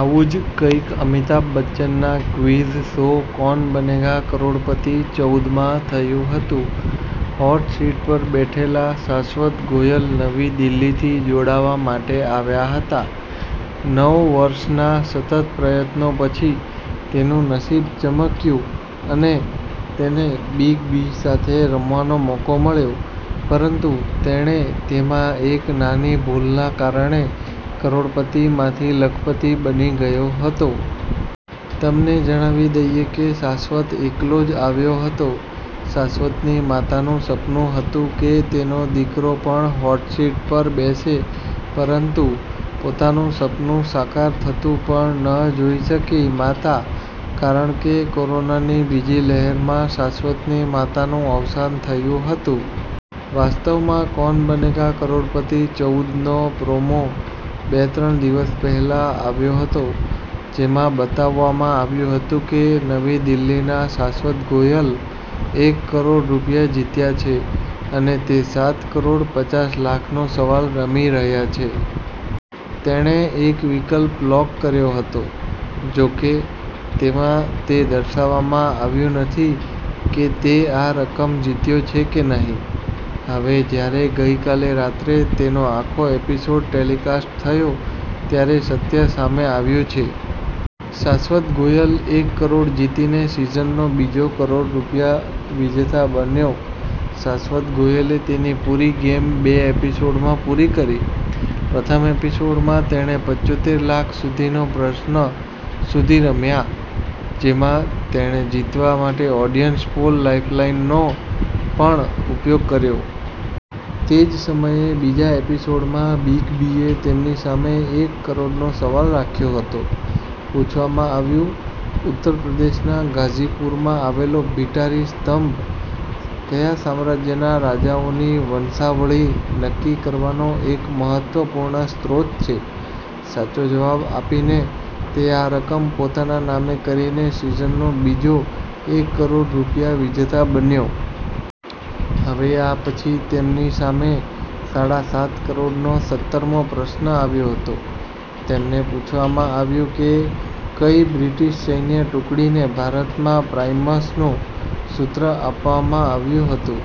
આવું જ કંઈક અમિતાભ બચ્ચનના ક્વિઝ શો 'કૌન બનેગા કરોડપતિ ચૌદ 'માં થયું હતું. હોટ સીટ પર બેઠેલા શાશ્વત ગોયલ નવી દિલ્હીથી જોડાવા માટે આવ્યા હતા. નવ વર્ષના સતત પ્રયત્નો પછી, તેનું નસીબ ચમક્યું અને તેને બિગ બી સાથે રમવાનો મોકો મળ્યો, પરંતુ તેણે તેમાં એક નાની ભૂલના કારણે કરોડપતિ માંથી લખપતિ બની ગયો હતો. તમને જણાવી દઈએ કે, શાશ્વત એકલો જ આવ્યો હતો. શાશ્વતની માતાનું સપનું હતું કે, તેનો દીકરો પણ હોટસીટ પર બેસે પરંતુ પોતાનું સપનું સાકાર થતું પણ ન જોઈ શકી માતા. કારણ કે, કોરોનાની બીજી લહેરમાં શાશ્વતની માતાનું અવસાન થયું હતું. વાસ્તવમાં 'કૌન બનેગા કરોડપતિ ચૌદ'નો પ્રોમો બે-ત્રણ દિવસ પહેલા આવ્યો હતો. જેમાં બતાવવામાં આવ્યું હતું કે નવી દિલ્હીના શાશ્વત ગોયલ એક કરોડ રૂપિયા જીત્યા છે અને તે સાત કરોડ પચાસ લાખનો સવાલ રમી રહ્યા છે. તેણે એક વિકલ્પ લોક કર્યો હતો. જો કે, તેમાં તે દર્શાવવામાં આવ્યું નથી કે તે આ રકમ જીત્યો છે કે નહિ. હવે જ્યારે ગઈકાલે રાત્રે તેનો આખો એપિસોડ ટેલિકાસ્ટ થયો ત્યારે સત્ય સામે આવ્યું છે. શાશ્વત ગોયલ એક કરોડ જીતીને સિઝનનો બીજો કરોડ રૂપિયા વિજેતા બન્યો. શાસ્વત ગોયલે તેની પૂરી ગેમ બે એપિસોડમાં પૂરી કરી. પ્રથમ એપિસોડમાં, તેણે પંચોતેર લાખ સુધીનો પ્રશ્ન સુધી રમ્યા, જેમાં તેણે જીતવા માટે ઓડીયન્સ પોલ લાઈફલાઈનનો પણ ઉપયોગ કર્યો. તે જ સમયે, બીજા એપિસોડમાં બિગ બીએ તેમની સામે એક કરોડનો સવાલ રાખ્યો હતો. પૂછવામાં આવ્યું- ઉત્તર પ્રદેશના ગાઝીપુરમાં આવેલો ભીટારી સ્તંભ કયા સામ્રાજ્યના રાજાઓની વંશાવળી નક્કી કરવાનો એક મહત્વપૂર્ણ સ્ત્રોત છે? સાચો જવાબ આપીને તે આ રકમ પોતાના નામે કરીને સિઝનનો બીજો એક કરોડ રૂપિયા વિજેતા બન્યો. હવે આ પછી તેમની સામે સાડા સાત કરોડનો સત્તરમો પ્રશ્ન આવ્યો હતો. તેમને પૂછવામાં આવ્યું કે- કઈ બ્રિટિશ સૈન્ય ટુકડીને ભારતમાં પ્રાઈમસનું સૂત્ર આપવામાં આવ્યું હતું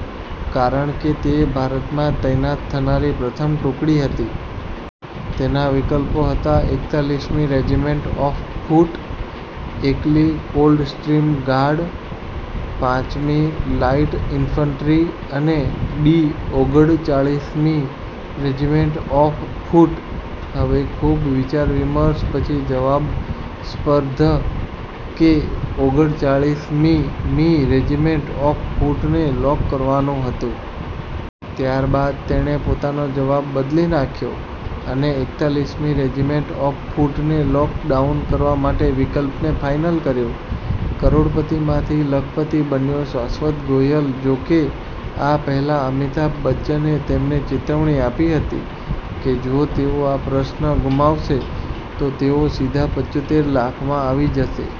કારણ કે તે ભારતમાં તૈનાત થનારી પ્રથમ ટુકડી હતી? તેના વિકલ્પો હતા એકતાલીસ મી રેજિમેન્ટ ઓફ ફૂટ, એકલી કોલ્ડસ્ટ્રીમ ગાર્ડ, પાંચમી લાઇટ ઇન્ફન્ટ્રી અને ડી ઓગડચાળીસમી રેજિમેન્ટ ઓફ ફૂટ. હવે ખૂબ વિચાર-વિમર્શ પછી જવાબ, સ્પર્ધ કે ઓગડચાળીસમીમી રેજિમેન્ટ ઓફ ફૂટને લોક કરવાનું કહ્યું. ત્યારબાદ તેણે પોતાનો જવાબ બદલી નાખ્યો અને એકતાલીસમી રેજિમેન્ટ ઓફ ફૂટને લોક ડાઉન કરવા માટે વિકલ્પને ફાઈનલ કર્યો. કરોડપતિમાંથી લખપતિ બન્યો શાશ્વત ગોયલ જો કે, આ પહેલા અમિતાભ બચ્ચને તેમને ચેતવણી આપી હતી કે જો તેઓ આ પ્રશ્ન ગુમાવશે તો તેઓ સીધા પંચોતેર લાખમાં આવી જશે.